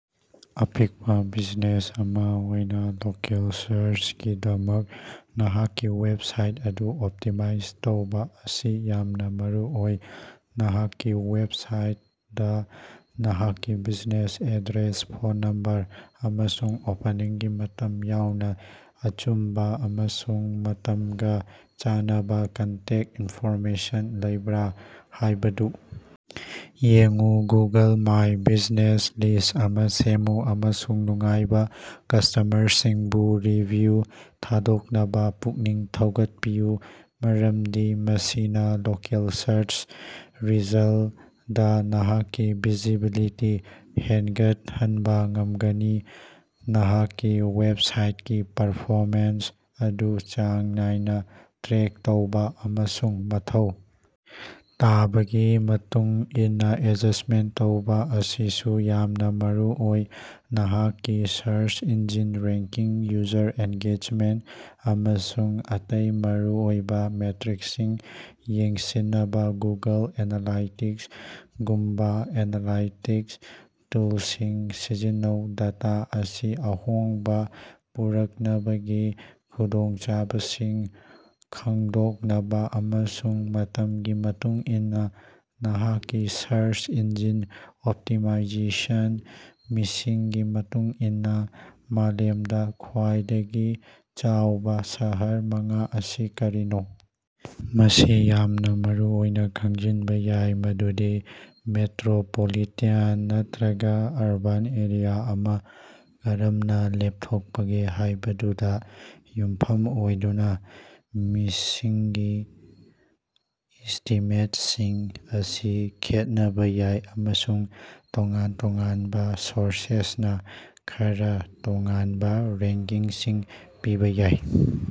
ꯑꯄꯤꯛꯄꯥ ꯕꯤꯖꯤꯅꯦꯁ ꯑꯃꯥ ꯑꯣꯏꯅꯥ ꯂꯣꯀꯦꯜ ꯁꯥꯔꯆꯀꯤꯗꯃꯛ ꯅꯍꯥꯛꯀꯤ ꯋꯦꯕꯁꯥꯏꯠ ꯑꯗꯨ ꯑꯣꯞꯇꯤꯃꯥꯏꯖ ꯇꯧꯕꯥ ꯑꯁꯤ ꯌꯥꯝꯅꯥ ꯃꯔꯨꯑꯣꯏ꯫ ꯅꯍꯥꯛꯀꯤ ꯋꯦꯕꯁꯥꯏꯠꯇꯥ ꯅꯍꯥꯛꯀꯤ ꯕ꯭ꯌꯨꯖꯤꯅꯦꯁ ꯑꯦꯗ꯭ꯔꯦꯁ ꯐꯣꯟ ꯅꯝꯕꯔ ꯑꯃꯁꯨꯡ ꯑꯣꯄꯅꯤꯡꯒꯤ ꯃꯇꯝ ꯌꯥꯎꯅꯥ ꯑꯆꯨꯝꯕꯥ ꯑꯃꯁꯨꯡ ꯃꯇꯝꯒꯥ ꯆꯥꯟꯅꯕꯥ ꯀꯟꯇꯦꯛ ꯏꯟꯐꯣꯔꯃꯦꯁꯟ ꯂꯩꯕ꯭ꯔꯥ ꯍꯥꯏꯕꯗꯨ ꯌꯦꯡꯎ꯫ ꯒꯨꯒꯜ ꯃꯥꯏ ꯕ꯭ꯌꯨꯖꯤꯅꯦꯁ ꯂꯤꯁ꯭ꯠ ꯑꯃꯥ ꯁꯦꯝꯃꯨ ꯑꯃꯁꯨꯡ ꯅꯨꯡꯉꯥꯏꯕꯥ ꯀꯁꯇꯃꯔꯁꯤꯡꯕꯨ ꯔꯤꯚꯤꯌꯨꯁꯤꯡ ꯊꯥꯗꯣꯛꯅꯕꯥ ꯄꯨꯛꯅꯤꯡ ꯊꯧꯒꯠꯄꯤꯌꯨ ꯃꯔꯝꯗꯤ ꯃꯁꯤꯅꯥ ꯂꯣꯀꯦꯜ ꯁꯥꯔꯆ ꯔꯤꯖꯜꯠꯁꯤꯡꯗꯥ ꯅꯍꯥꯛꯀꯤ ꯚꯤꯖꯤꯕꯤꯂꯤꯇꯤ ꯍꯦꯟꯒꯠꯍꯟꯕꯥ ꯉꯝꯒꯅꯤ꯫ ꯅꯍꯥꯛꯀꯤ ꯋꯦꯕꯁꯥꯏꯡꯀꯤ ꯄꯔꯐꯣꯃꯦꯟꯁ ꯑꯗꯨ ꯆꯥꯡ ꯅꯥꯏꯅꯥ ꯇ꯭ꯔꯦꯛ ꯇꯧꯕꯥ ꯑꯃꯁꯨꯡ ꯃꯊꯧ ꯇꯥꯕꯒꯤ ꯃꯇꯨꯡ ꯏꯟꯅꯥ ꯑꯦꯗꯖꯁ꯭ꯇꯃꯦꯟꯠ ꯇꯧꯕꯥ ꯑꯁꯤꯁꯨ ꯌꯥꯝꯅꯥ ꯃꯔꯨꯑꯣꯏ꯫ ꯅꯍꯥꯛꯀꯤ search engine ranking user engagement ꯑꯃꯁꯨꯡ ꯑꯇꯩ ꯃꯔꯨꯑꯣꯏꯕꯥ ꯃꯦꯇ꯭ꯔꯤꯛꯁꯤꯡ ꯌꯦꯡꯁꯤꯟꯅꯕꯥ ꯒꯨꯒꯜ ꯑꯦꯅꯥꯂꯥꯏꯇꯤꯛꯁꯒꯨꯝꯕꯥ ꯑꯦꯅꯥꯂꯥꯏꯇꯤꯛꯁ ꯇꯨꯜꯁꯤꯡ ꯁꯤꯖꯤꯟꯅꯧ꯫ ꯗꯦꯇꯥ ꯑꯁꯤ ꯑꯍꯣꯡꯕꯥ ꯄꯨꯔꯛꯅꯕꯒꯤ ꯈꯨꯗꯣꯡꯆꯥꯕꯁꯤꯡ ꯈꯪꯗꯣꯛꯅꯕꯥ ꯑꯃꯁꯨꯡ ꯃꯇꯝꯒꯤ ꯃꯇꯨꯡ ꯏꯟꯅꯥ ꯅꯍꯥꯛꯀꯤ ꯁꯔꯆ ꯏꯟꯖꯤꯟ ꯑꯣꯞꯇꯤꯃꯥꯏꯖꯦꯁꯟ ꯃꯤꯁꯤꯡꯒꯤ ꯃꯇꯨꯡ ꯏꯟꯅꯥ ꯃꯥꯂꯦꯝꯗꯥ ꯈ꯭ꯋꯥꯏꯗꯒꯤ ꯆꯥꯎꯕꯥ ꯁꯍꯔ ꯃꯉꯥ ꯑꯁꯤ ꯀꯔꯤꯅꯣ? ꯃꯁꯤ ꯌꯥꯝꯅꯥ ꯃꯔꯨꯑꯣꯏꯅꯥ ꯈꯪꯖꯤꯟꯕꯥ ꯌꯥꯏ ꯃꯗꯨꯗꯤ ꯃꯦꯇ꯭ꯔꯣꯄꯣꯂꯤꯇꯥꯟ ꯅꯠꯇ꯭ꯔꯒꯥ ꯑꯔꯕꯥꯟ ꯑꯦꯔꯤꯌꯥ ꯑꯃꯥ ꯀꯔꯝꯅꯥ ꯂꯦꯞꯊꯣꯛꯄꯒꯦ ꯍꯥꯏꯕꯗꯨꯗꯥ ꯌꯨꯝꯐꯝ ꯑꯣꯏꯗꯨꯅꯥ ꯃꯤꯁꯤꯡꯒꯤ ꯑꯦꯁꯇꯤꯃꯦꯠꯁꯤꯡ ꯑꯁꯤ ꯈꯦꯠꯅꯕꯥ ꯌꯥꯏ ꯑꯃꯁꯨꯡ ꯇꯣꯉꯥꯟ ꯇꯣꯉꯥꯟꯕꯥ ꯁꯣꯔꯁꯁꯤꯡꯅꯥ ꯈꯔꯥ ꯇꯣꯉꯥꯟꯕꯥ ꯔꯦꯡꯀꯤꯡꯁꯤꯡ ꯄꯤꯕꯥ ꯌꯥꯏ꯫